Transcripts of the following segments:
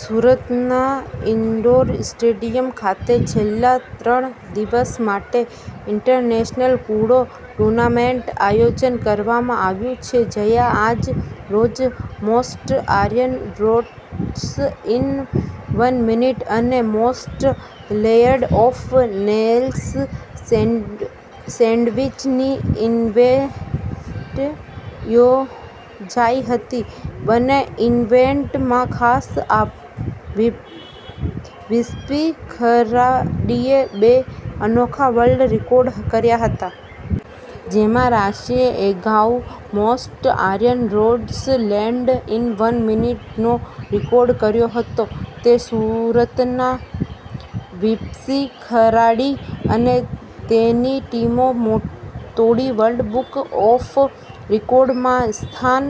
સુરત ના indoor stadium ખાતે છેલ્લા ત્રણ દિવસ માટે ઇન્ટરનેશનલ કુડો ટુર્નામેન્ટ આયોજન કરવામાં આવ્યું છે. જ્યાં આજ રોજ most iron rods in one minute અને most layered of nails sandwich ની ઇવેન્ટ યોજાઈ હતી બંને ઇવેન્ટ માં ખાસ વિસપી ખરાડીએ બે અનોખા વર્લ્ડ રેકોર્ડ કર્યા હતા. જેમાં રશિયાએ અગાઉ most iron rods land in one minute નો રેકોર્ડ કર્યો હતો, તે સુરતના વિસપી ખરાડી અને તેની ટીમે તોડી વર્લ્ડ બુક ઓફ રેકોર્ડ માં સ્થાન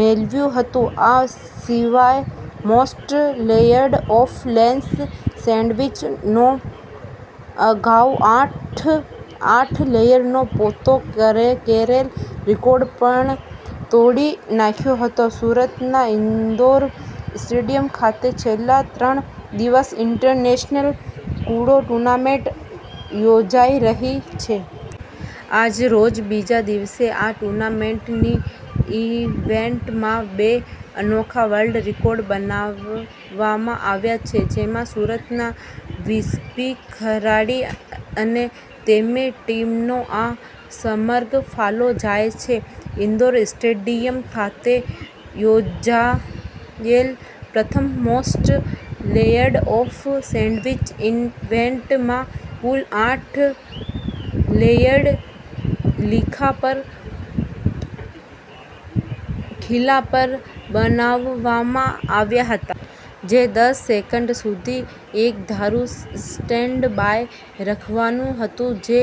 મેળવ્યું હતું. આ સિવાય most layered of lens sandwich નો અગાઉ આઠ લેયર્ડ નો પોતે કરેલ રેકોર્ડ પણ તોડી નાખ્યો હતો સુરત ના ઇન્ડોર સ્ટેડિયમ ખાતે છેલ્લા ત્રણ દિવસ ઇન્ટરનેશનલ કુડો ટુર્નામેન્ટ યોજાઈ રહી છે. આજ રોજ બીજા દિવસે આ ટુર્નામેન્ટ ની ઇવેન્ટ માં બે અનોખા વર્લ્ડ રેકોર્ડ બનાવવામાં આવ્યા છે. જેમાં સુરત ના વિસપી ખરાડી અને તેની ટીમને આ સમગ્ર ફાળો જાય છે. ઇન્દોર સ્ટેડિયમ ખાતે યોજાયેલ પ્રથમ most layered of sandwich event માં કુલ આઠ લેયર્ડ ખીલા પર બનાવવામાં આવ્યા હતા. જે દસ સેકન્ડ સુધી એકધારું સ્ટેન્ડ બાય રાખવાનું હતું. જે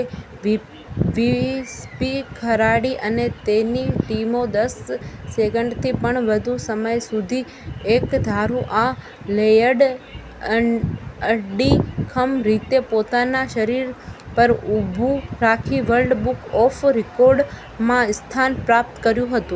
વિસપી ખરાડી અને તેની ટીમે દસ સેકન્ડ થી પણ વધુ સમય સુધી એકધારું આ લેયર્ડ અડીખમ રીતે પોતાના શરીર પર ઉભું રાખી વર્લ્ડ બુક ઓફ રેકોર્ડ માં સ્થાન પ્રાપ્ત કર્યું હતું.